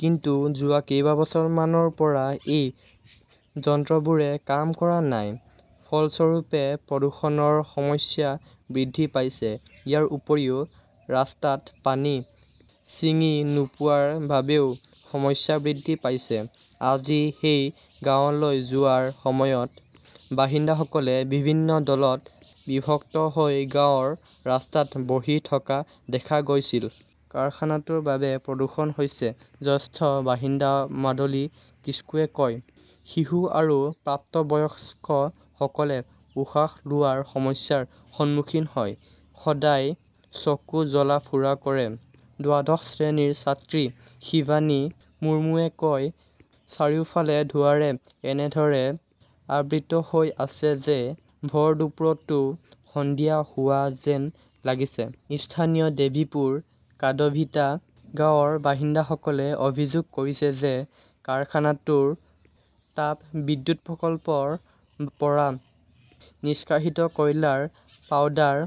কিন্তু যোৱা কেইবছৰমানৰ পৰা সেই যন্ত্ৰবোৰে কাম কৰা নাই। ফলস্বৰূপে, প্ৰদূষণৰ সমস্যা বৃদ্ধি পাইছে। ইয়াৰ উপৰিও, ৰাস্তাত পানী ছিঙি নোপোৱাৰ বাবেও সমস্যা বৃদ্ধি পাইছে। আজি সেই গাঁৱলৈ যোৱাৰ সময়ত বাসিন্দাসকলক বিভিন্ন দলত বিভক্ত হৈ গাঁৱৰ ৰাস্তাত বহি থকা দেখা গৈছিল। "কাৰখানাটোৰ বাবে প্ৰদূষণ হৈছে", জ্যেষ্ঠ বাসিন্দা মাদলি কিস্কুৱে কয়। শিশু আৰু প্ৰাপ্তবয়স্কসকলে উশাহ লোৱাৰ সমস্যাৰ সন্মুখীন হয়। সদায় চকু জ্বলা-পোৰা কৰে। দ্বাদশ শ্ৰেণীৰ ছাত্ৰী শিৱানী মুৰ্মুৱে কয়, "চাৰিওফালে ধোঁৱাৰে এনেদৰে আবৃত হৈ আছে যে ভৰদুপুৰতো সন্ধিয়া হোৱা যেন লাগিছে। "স্থানীয় দেৱীপুৰ, কাদভিটা গাঁৱৰ বাসিন্দাসকলে অভিযোগ কৰিছে যে কাৰখানাটোৰ তাপবিদ্যুৎ প্ৰকল্পৰ পৰা নিষ্কাশিত কয়লাৰ পাউডাৰ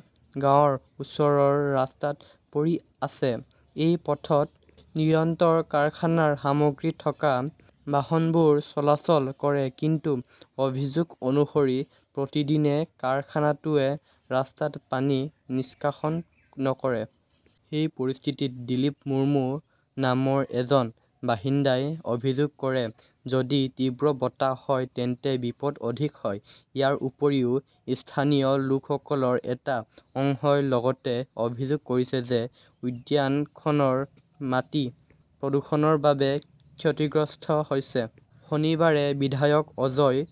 গাঁৱৰ ওচৰৰ ৰাস্তাত পৰি আছে। এই পথত নিৰন্তৰ কাৰখানাৰ সামগ্ৰী থকা বাহনবোৰ চলাচল কৰে। কিন্তু অভিযোগ অনুসৰি প্ৰতিদিনে কাৰখানাটোৱে ৰাস্তাত পানী নিষ্কাশন নকৰে। এই পৰিস্থিতিত দিলীপ মুৰ্মু নামৰ এজন বাসিন্দাই অভিযোগ কৰে, "যদি তীব্ৰ বতাহ হয় তেন্তে বিপদ অধিক হয়। "ইয়াৰ উপৰিও, স্থানীয় লোকসকলৰ এটা অংশই লগতে অভিযোগ কৰিছে যে উদ্যানখনৰ মাটি প্ৰদূষণৰ বাবে ক্ষতিগ্ৰস্ত হৈছে। শনিবাৰে বিধায়ক অজয়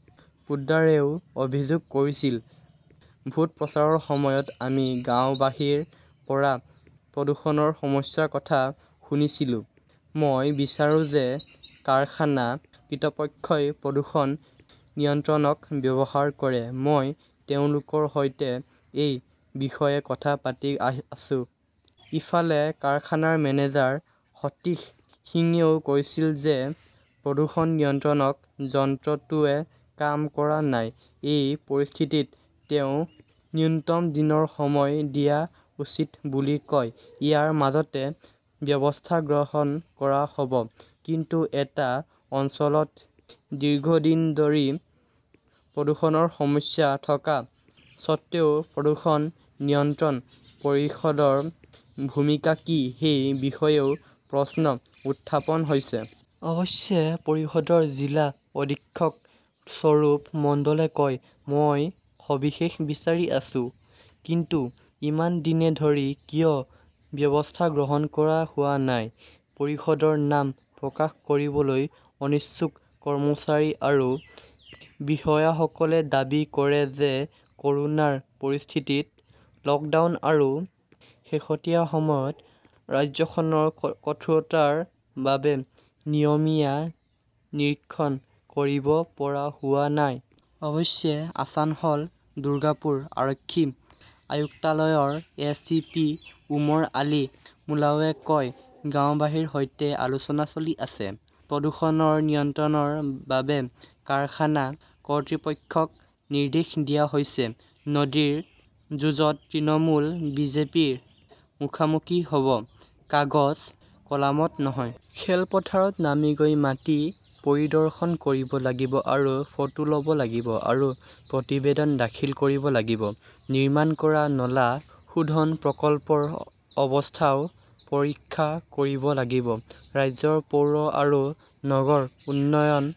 পোদ্দাৰেও অভিযোগ কৰিছিল, "ভোট প্ৰচাৰৰ সময়ত আমি গাওঁবাসীৰ পৰা প্ৰদূষণৰ সমস্যাৰ কথা শুনিছিলোঁ। মই বিচাৰো যে কাৰখানা কৰ্তৃপক্ষই প্ৰদূষণ নিয়ন্ত্ৰক ব্যৱহাৰ কৰক। মই তেওঁলোকৰ সৈতে এই বিষয়ে কথা পাতি আছো। "ইফালে, কাৰখানাৰ মেনেজাৰ সতীশ সিঙেও কৈছিল যে প্ৰদূষণ নিয়ন্ত্ৰক যন্ত্ৰটোৱে কাম কৰা নাই। এই পৰিস্থিতিত তেওঁ ন্যূনতম দিনৰ সময় দিয়া উচিত বুলি কয়। ইয়াৰ মাজতে ব্যৱস্থা গ্ৰহণ কৰা হ "ব। কিন্তু এটা অঞ্চলত দীৰ্ঘদিন ধৰি প্ৰদূষণৰ সমস্যা থকা স্বত্বেও প্ৰদূষণ নিয়ন্ত্ৰণ পৰিষদৰ ভূমিকা কি সেই বিষয়েও প্ৰশ্ন উত্থাপন হৈছে। অৱশ্যে, পৰিষদৰ জিলা অধীক্ষক স্বৰূপ মণ্ডলে কয়, "মই সবিশেষ বিচাৰি আছো। "কিন্তু ইমান দিন ধৰি কিয় ব্যৱস্থা গ্ৰহণ কৰা হোৱা নাই? পৰিষদৰ নাম প্ৰকাশ কৰিবলৈ অনিচ্ছুক কৰ্মচাৰী আৰু বিষয়াসকলে দাবী কৰে যে ক "ৰোনাৰ পৰিস্থিতি, লকডাউন আৰু শেহতীয়া সময়ত ৰাজ্যখনৰ কঠোৰতাৰ বাবে নিয়মীয়া নিৰীক্ষণ কৰিব পৰা হোৱা নাই। অৱশ্যে, আছানসল-দুৰ্গাপুৰ আৰক্ষী আয়ুক্তালয়ৰ এ. চি. পি. ওমৰ আলী মোল্লাৱে কয়, "গাওঁবাসীৰ সৈতে আলোচনা চলি আছে। প্ৰদূষণ নিয়ন্ত্ৰণৰ বাবে কাৰখানা কৰ্তৃপক্ষক নিৰ্দেশ দিয়া হৈছে। "। "নদীৰ যুঁজত তৃণমূল-বিজেপিৰ মুখামুখি হ" ব! "। কাগজ-কলামত নহয়। খেলপথাৰত নামি গৈ মাটি পৰিদৰ্শন কৰিব লাগিব আৰু ফটো ল "ব লাগিব আৰু প্ৰতিবেদন দাখিল কৰিব লাগিব। নিৰ্মাণ কৰা নলা শোধন প্ৰকল্প ৰ অৱস্থাও পৰীক্ষা কৰিব লাগিব। ৰাজ্যৰ পৌৰ আৰু নগৰ উন্নয়ন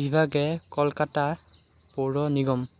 বিভাগে কলকাতা পৌৰ নিগম,